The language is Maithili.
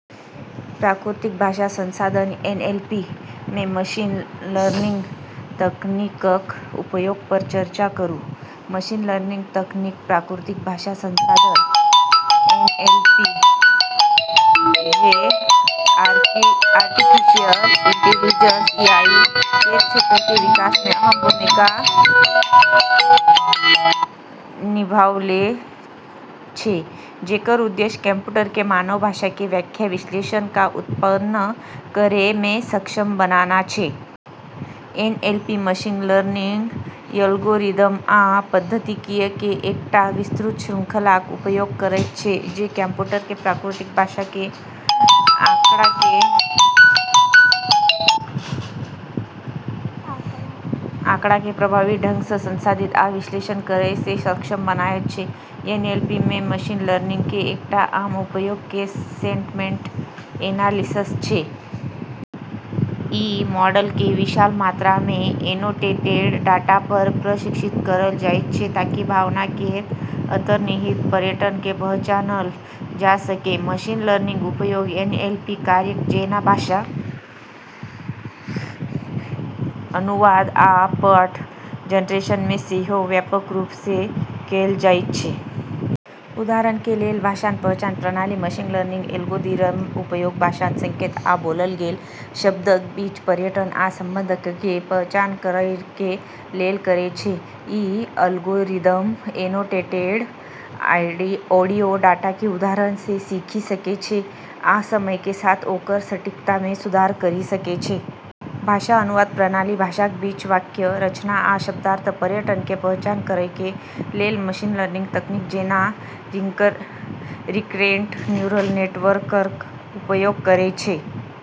प्राकृतिक भाषा संसाधन (एनएलपी) मे मशीन लर्निंग तकनीकक उपयोग पर चर्चा करूं। मशीन लर्निंग तकनीक प्राकृतिक भाषा संसाधन (एनएलपी), जे आर्टिफिशियल इंटेलिजेंस (एआई) केर क्षेत्र के विकास मे अहम भूमिका निभैलनए छै, जेकर उद्देश्य कंप्यूटरकें मानव भाषा के व्याख्या, विश्लेषण आ उत्पन्न करै मे सक्षम बनाना छै। एनएलपी मशीन लर्निंग एल्गोरिदम आ पद्धतियक के एकटा विस्तृत श्रृंखलाक उपयोग करयत छै जे कंप्यूटरकें प्राकृतिक भाषा के आंकड़ाकें प्रभावी ढंग सं संसाधित आ विश्लेषण करय मे सक्षम बनायत छै। एनएलपी मे मशीन लर्निंग के एकटा आम उपयोग केस सेंटमेंट एनालिसिस छै। ई मॉडलकें विशाल मात्रा मे एनोटेटेड डाटा पर प्रशिक्षित करलऽ जाइत छै ताकि भावना केर अंतर्निहित पैटर्नकें पहचानलऽ जा सकै। मशीन लर्निंगक उपयोग एनएलपी कार्यक जेना भाषण पहचान, भाषा अनुवाद, आ पाठ जनरेशन मे सेहो व्यापक रूप सं कैल जाइत छै। उदाहरण के लेल, भाषण पहचान प्रणाली मशीन लर्निंग एल्गोरिदमक उपयोग भाषण संकेत आ बोलल गेल शब्दक बीच पैटर्न आ संबंधककें पहचान करय के लेल करै छै। ई एल्गोरिदम एनोटेटेड ऑडियो डाटा के उदाहरण सँ सीखि सकै छै आ समय के साथ ओकर सटीकता मे सुधार करि सकै छै। भाषा अनुवाद प्रणाली भाषाक बीच वाक्य रचना आ शब्दार्थ पैटर्नकें पहचान करय के लेल मशीन लर्निंग तकनीक जेना रिकरेंट न्यूरल नेटवर्कक उपयोग करै छै।